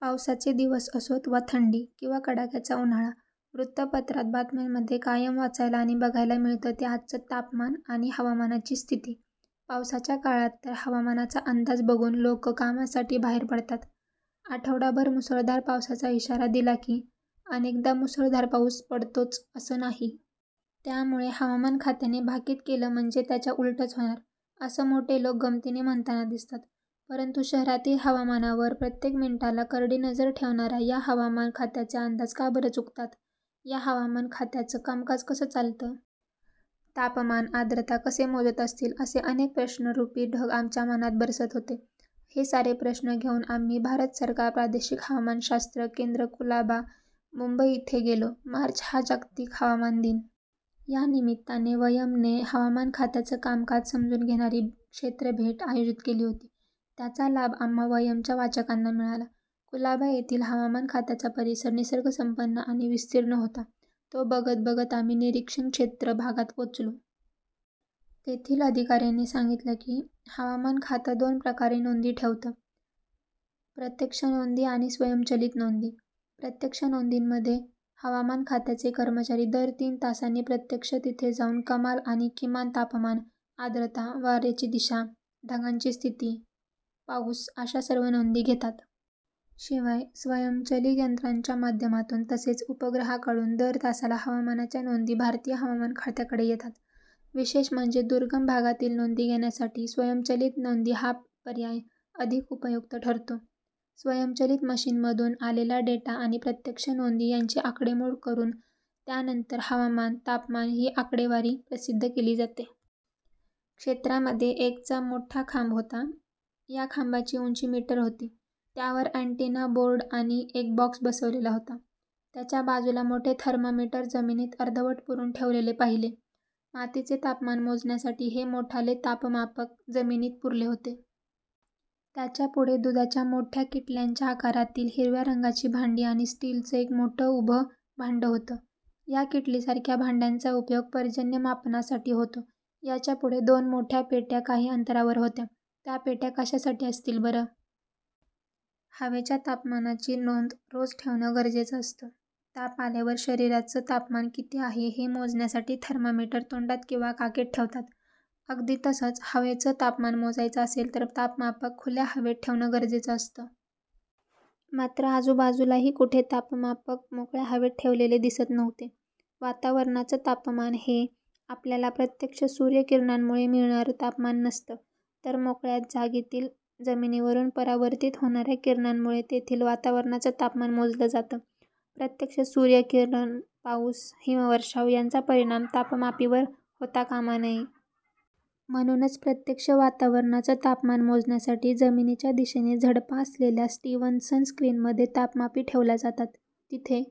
पावसाचे दिवस असोत, वा थंडी किंवा कडाक्याचा उन्हाळा, वृत्तपत्रात बातम्यांमध्ये कायम वाचायला आणि बघायला मिळतं ते आजचं तापमान आणि हवामानाची स्थिती. पावसाच्या काळात तर हवामानाचा अंदाज बघून लोक कामासाठी बाहेर पडतात. आठवडाभर मुसळधार पावसाचा इशारा दिला की, अनेकदा मुसळधार पाऊस पडतोच असं नाही. त्यामुळे हवामान खात्याने भाकीत केलं म्हणजे त्याच्या उलटच होणार, असं मोठे लोक गमतीने म्हणताना दिसतात. परंतु शहरातील हवामानावर प्रत्येक मिनिटाला करडी नजर ठेवणाऱ्या या हवामान खात्याचे अंदाज का बरं चुकतात? या हवामान खात्याचं कामकाज कसं चालतं? तापमान, आर्द्रता कसे मोजत असतील? असे अनेक प्रश्नरूपी ढग आमच्या मनात बरसत होते. हे सारे प्रश्न घेऊन आम्ही 'भारत सरकार प्रादेशिक हवामान शास्त्र केंद्र- कुलाबा, मुंबई' इथे गेलो. मार्च हा जागतिक हवामान दिन. या निमित्ताने 'वयम्'ने हवामान खात्याचं कामकाज समजून घेणारी क्षेत्रभेट आयोजित केली होती. त्याचा लाभ आम्हां 'वयम्'च्या वाचकांना मिळाला. कुलाबा येथील हवामान खात्याचा परिसर निसर्गसंपन्न आणि विस्तीर्ण होता. तो बघत बघत आम्ही 'निरीक्षण क्षेत्र' भागात पोहोचलो. तेथील अधिकाऱ्यांनी सांगितलं की, हवामान खातं दोन प्रकारे नोंदी ठेवतं- प्रत्यक्ष नोंदी आणि स्वयंचलित नोंदी. प्रत्यक्ष नोंदीमध्ये हवामान खात्याचे कर्मचारी दर तीन तासांनी प्रत्यक्ष तिथे जाऊन कमाल आणि किमान तापमान, आर्द्रता, वाऱ्यांची दिशा, ढगांची स्थिती, पाऊस अशा सर्व नोंदी घेतात. शिवाय, स्वयंचलित यंत्राच्या माध्यमातून, तसेच उपग्रहाकडून दर तासाला हवामानाच्या नोंदी भारतीय हवामान खात्याकडे येतात. विशेष म्हणजे दुर्गम भागातील नोंदी घेण्यासाठी स्वयंचलित नोंदी हा पर्याय अधिक उपयुक्त ठरतो. स्वयंचलित मशीनमधून आलेला डेटा आणि प्रत्यक्ष नोंदी यांची आकडेमोड करून त्यानंतर हवामान, तापमान ही आकडेवारी प्रसिद्ध केली जाते. क्षेत्रामध्ये एक चा मोठा खांब होता. या खांबाची उंची मीटर होती. त्यावर अँटीना, बोर्ड आणि एक बॉक्स बसवलेला होता. त्याच्या बाजूला मोठे थर्मामीटर जमिनीत अर्धवट पुरून ठेवलेले पाहिले. मातीचे तापमान मोजण्यासाठी हे मोठाले तापमापक जमिनीत पुरले होते. त्याच्या पुढे दुधाच्या मोठ्या किटल्यांच्या आकारांतली हिरव्या रंगाची भांडी आणि स्टीलचं एक मोठं उभं भांडं होतं. या किटलीसारख्या भांड्यांचा उपयोग पर्जन्यमापनासाठी होतो. याच्यापुढे दोन मोठ्या पेट्या काही अंतरावर होत्या. त्या पेट्या कशासाठी असतील बरं? हवेच्या तापमानाची नोंद रोज ठेवणं गरजेचं असतं. ताप आल्यावर शरीराचं तापमान किती आहे हे मोजण्यासाठी थर्मामीटर तोंडात किंवा काखेत ठेवतात. अगदी तसंच, हवेचं तापमान मोजायचं असेल तर तापमापक खुल्या हवेत ठेवणं गरजेचं असतं. मात्र आजूबाजूलाही कुठे तापमापक मोकळ्या हवेत ठेवलेले दिसत नव्हते. वातावरणाचं तापमान हे आपल्याला प्रत्यक्ष सूर्यकिरणांमुळे मिळणारं तापमान नसतं; तर मोकळ्या जागेतील जमिनीवरून परावर्तीत होणाऱ्या किरणांमुळे तेथील वातावरणाचं तापमान मोजलं जातं. प्रत्यक्ष सूर्यकिरण, पाऊस, हिमवर्षाव यांचा परिणाम तापमापीवर होता कामा नये. म्हणूनच प्रत्यक्ष वातावरणाचं तापमान मोजण्यासाठी जमिनीच्या दिशेने झडपा असलेल्या 'स्टीवनसन स्क्रीन'मध्ये तापमापी ठेवल्या जातात. तिथे